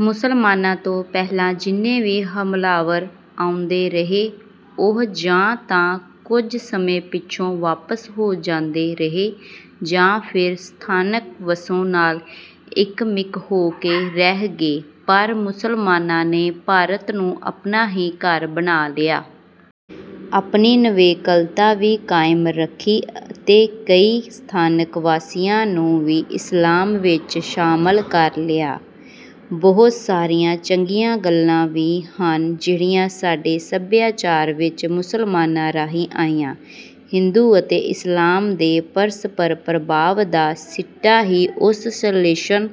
ਮੁਸਲਮਾਨਾਂ ਤੋਂ ਪਹਿਲਾਂ ਜਿੰਨੇ ਵੀ ਹਮਲਾਵਰ ਆਉਂਦੇ ਰਹੇ, ਉਹ ਜਾਂ ਤਾਂ ਕੁਝ ਸਮੇਂ ਪਿੱਛੋਂ ਵਾਪਸ ਹੋ ਜਾਂਦੇ ਰਹੇ ਜਾਂ ਫਿਰ ਸਥਾਨਕ ਵਸੋਂ ਨਾਲ ਇੱਕਮਿਕ ਹੋ ਕੇ ਰਹਿ ਗਏ, ਪਰ ਮੁਸਲਮਾਨਾਂ ਨੇ ਭਾਰਤ ਨੂੰ ਆਪਣਾ ਹੀ ਘਰ ਬਣਾ ਲਿਆ। ਆਪਣੀ ਨਿਵੇਕਲਤਾ ਵੀ ਕਾਇਮ ਰੱਖੀ ਅਤੇ ਕਈ ਸਥਾਨਕ ਵਾਸੀਆਂ ਨੂੰ ਵੀ ਇਸਲਾਮ ਵਿੱਚ ਸ਼ਾਮਲ ਕਰ ਲਿਆ। ਬਹੁਤ ਸਾਰੀਆਂ ਚੰਗੀਆਂ ਗੱਲਾਂ ਵੀ ਹਨ, ਜਿਹੜੀਆਂ ਸਾਡੇ ਸਭਿਆਚਾਰ ਵਿੱਚ ਮੁਸਲਮਾਨਾਂ ਰਾਹੀਂ ਆਈਆਂ। ਹਿੰਦੂ ਅਤੇ ਇਸਲਾਮ ਦੇ ਪਰਸਪਰ ਪ੍ਰਭਾਵ ਦਾ ਸਿੱਟਾ ਹੀ ਉਸ ਸੰਸਲੇਸ਼ਣ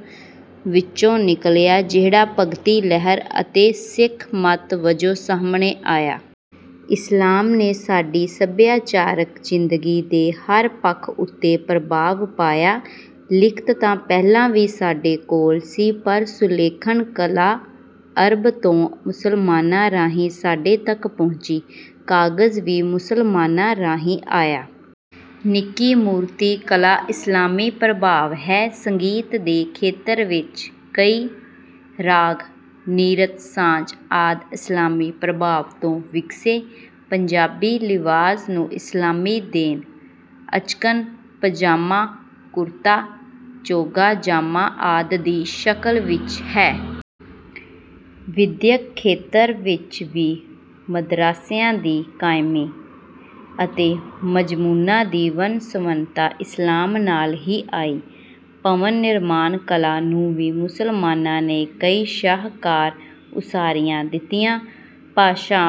ਵਿੱਚੋਂ ਨਿਕਲਿਆ, ਜਿਹੜਾ ਭਗਤੀ ਲਹਿਰ ਅਤੇ ਸਿੱਖ ਮੱਤ ਵਜੋਂ ਸਾਹਮਣੇ ਆਇਆ। ਇਸਲਾਮ ਨੇ ਸਾਡੀ ਸਭਿਆਚਾਰਕ ਜ਼ਿੰਦਗੀ ਦੇ ਹਰ ਪੱਖ ਉੱਤੇ ਪ੍ਰਭਾਵ ਪਾਇਆ। ਲਿਖਤ ਤਾਂ ਪਹਿਲਾਂ ਵੀ ਸਾਡੇ ਕੋਲ ਸੀ, ਪਰ ਸੁਲੇਖਣ ਕਲਾ ਅਰਬ ਤੋਂ ਮੁਸਲਮਾਨਾਂ ਰਾਹੀਂ ਸਾਡੇ ਤੱਕ ਪਹੁੰਚੀ। ਕਾਗ਼ਜ਼ ਵੀ ਮੁਸਲਮਾਨਾਂ ਰਾਹੀਂ ਆਇਆ। ਨਿੱਕੀ-ਮੂਰਤੀ ਕਲਾ ਇਸਲਾਮੀ ਪ੍ਰਭਾਵ ਹੈ। ਸੰਗੀਤ ਦੇ ਖੇਤਰ ਵਿੱਚ ਕਈ ਰਾਗ, ਨ੍ਰਿਤ, ਸਾਜ਼ ਆਦਿ ਇਸਲਾਮੀ ਪ੍ਰਭਾਵ ਤੋਂ ਵਿਗਸੇ। ਪੰਜਾਬੀ ਲਿਬਾਸ ਨੂੰ ਇਸਲਾਮੀ ਦੇਣ ਅਚਕਨ, ਪਜਾਮਾ, ਕੁਰਤਾ, ਚੋਗ਼ਾ, ਜਾਮਾ ਆਦਿ ਦੀ ਸ਼ਕਲ ਵਿੱਚ ਹੈ। ਵਿਦਿਅਕ ਖੇਤਰ ਵਿੱਚ ਵੀ ਮਦਰੱਸਿਆਂ ਦੀ ਕਾਇਮੀ ਅਤੇ ਮਜ਼ਮੂਨਾਂ ਦੀ ਵੰਨ-ਸੁਵੰਨਤਾ ਇਸਲਾਮ ਨਾਲ ਹੀ ਆਈ। ਭਵਨ-ਨਿਰਮਾਣ ਕਲਾ ਨੂੰ ਵੀ ਮੁਸਲਮਾਨਾਂ ਨੇ ਕਈ ਸ਼ਾਹਕਾਰ ਉਸਾਰੀਆਂ ਦਿੱਤੀਆਂ। ਭਾਸ਼ਾ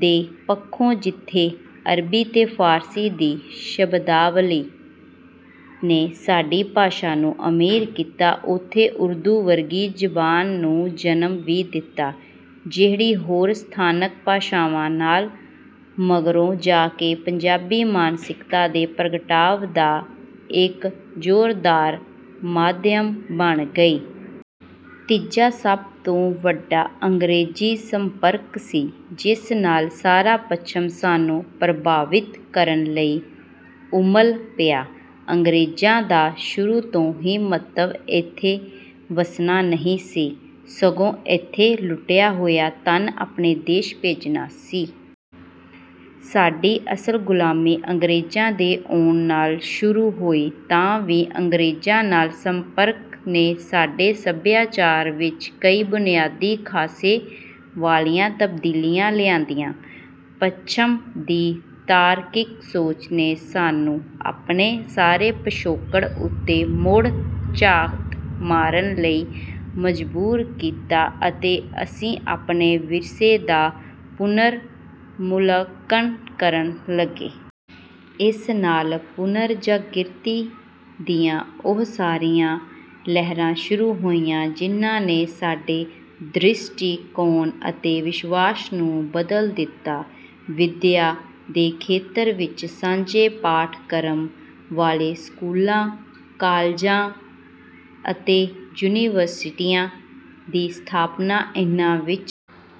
ਦੇ ਪੱਖੋਂ ਜਿੱਥੇ ਅਰਬੀ ਤੇ ਫ਼ਾਰਸੀ ਦੀ ਸ਼ਬਦਾਵਲੀ ਨੇ ਸਾਡੀ ਭਾਸ਼ਾ ਨੂੰ ਅਮੀਰ ਕੀਤਾ, ਉੱਥੇ ਉਰਦੂ ਵਰਗੀ ਜ਼ਬਾਨ ਨੂੰ ਜਨਮ ਵੀ ਦਿੱਤਾ, ਜਿਹੜੀ ਹੋਰ ਸਥਾਨਕ ਭਾਸ਼ਾਵਾਂ ਨਾਲ ਮਗਰੋਂ ਜਾ ਕੇ ਪੰਜਾਬੀ ਮਾਨਸਿਕਤਾ ਦੇ ਪ੍ਰਗਟਾਅ ਦਾ ਇੱਕ ਜ਼ੋਰਦਾਰ ਮਾਧਿਅਮ ਬਣ ਗਈ। ਤੀਜਾ ਸਭ ਤੋਂ ਵੱਡਾ ਅੰਗਰੇਜ਼ੀ ਸੰਪਰਕ ਸੀ, ਜਿਸ ਨਾਲ ਸਾਰਾ ਪੱਛਮ ਸਾਨੂੰ ਪ੍ਰਭਾਵਿਤ ਕਰਨ ਲਈ ਉਮਲ ਪਿਆ। ਅੰਗਰੇਜ਼ਾਂ ਦਾ ਸ਼ੁਰੂ ਤੋਂ ਹੀ ਮੰਤਵ ਇੱਥੇ ਵੱਸਣਾ ਨਹੀਂ ਸੀ, ਸਗੋਂ ਇੱਥੋਂ ਦਾ ਲੁੱਟਿਆ ਹੋਇਆ ਧਨ ਆਪਣੇ ਦੇਸ਼ ਭੇਜਣਾ ਸੀ। ਸਾਡੀ ਅਸਲ ਗੁਲਾਮੀ ਅੰਗਰੇਜ਼ਾਂ ਦੇ ਆਉਣ ਨਾਲ ਸ਼ੁਰੂ ਹੋਈ, ਤਾਂ ਵੀ ਅੰਗਰੇਜ਼ਾਂ ਨਾਲ ਸੰਪਰਕ ਨੇ ਸਾਡੇ ਸਭਿਆਚਾਰ ਵਿੱਚ ਕਈ ਬੁਨਿਆਦੀ ਖ਼ਾਸੇ ਵਾਲੀਆਂ ਤਬਦੀਲੀਆਂ ਲਿਆਂਦੀਆਂ। ਪੱਛਮ ਦੀ ਤਾਰਕਿਕ ਸੋਚ ਨੇ ਸਾਨੂੰ ਆਪਣੇ ਸਾਰੇ ਪਿਛੋਕੜ ਉੱਤੇ ਮੁੜ ਝਾਤ ਮਾਰਨ ਲਈ ਮਜਬੂਰ ਕੀਤਾ ਅਤੇ ਅਸੀਂ ਆਪਣੇ ਵਿਰਸੇ ਦਾ ਪੁਨਰ-ਮੁਲਾਂਕਣ ਕਰਨ ਲੱਗੇ। ਇਸ ਨਾਲ ਪੁਨਰ-ਜਾਗ੍ਰਿਤੀ ਦੀਆਂ ਉਹ ਸਾਰੀਆਂ ਲਹਿਰਾਂ ਸ਼ੁਰੂ ਹੋਈਆਂ, ਜਿਨ੍ਹਾਂ ਨੇ ਸਾਡੇ ਦ੍ਰਿਸ਼ਟੀਕੋਣ ਅਤੇ ਵਿਸ਼ਵਾਸਾਂ ਨੂੰ ਬਦਲ ਦਿੱਤਾ। ਵਿਦਿਆ ਦੇ ਖੇਤਰ ਵਿੱਚ ਸਾਂਝੇ ਪਾਠ-ਕ੍ਰਮ ਵਾਲੇ ਸਕੂਲਾਂ, ਕਾਲਜਾਂ ਅਤੇ ਯੂਨੀਵਰਸਿਟੀਆਂ ਦੀ ਸਥਾਪਨਾ, ਇਹਨਾਂ ਵਿੱਚ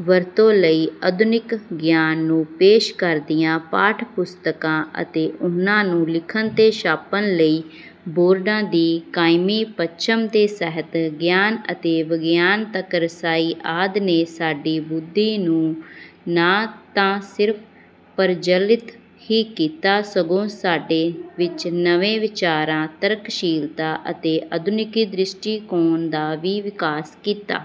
ਵਰਤੋਂ ਲਈ ਆਧੁਨਿਕ ਗਿਆਨ ਨੂੰ ਪੇਸ਼ ਕਰਦੀਆਂ ਪਾਠ-ਪੁਸਤਕਾਂ ਅਤੇ ਉਹਨਾਂ ਨੂੰ ਲਿਖਣ ਤੇ ਛਾਪਣ ਲਈ ਬੋਰਡਾਂ ਦੀ ਕਾਇਮੀ, ਪੱਛਮ ਦੇ ਸਾਹਿਤ, ਗਿਆਨ ਅਤੇ ਵਿਗਿਆਨ ਤੱਕ ਰਸਾਈ ਆਦਿ ਨੇ ਸਾਡੀ ਬੁੱਧੀ ਨੂੰ ਨਾ ਸਿਰਫ਼ ਪ੍ਰਜਵਲਿਤ ਹੀ ਕੀਤਾ, ਸਗੋਂ ਸਾਡੇ ਵਿਚ ਨਵੇਂ ਵਿਚਾਰਾਂ, ਤਰਕਸ਼ੀਲਤਾ ਅਤੇ ਆਧੁਨਿਕ ਦ੍ਰਿਸ਼ਟੀਕੋਣ ਦਾ ਵੀ ਵਿਕਾਸ ਕੀਤਾ।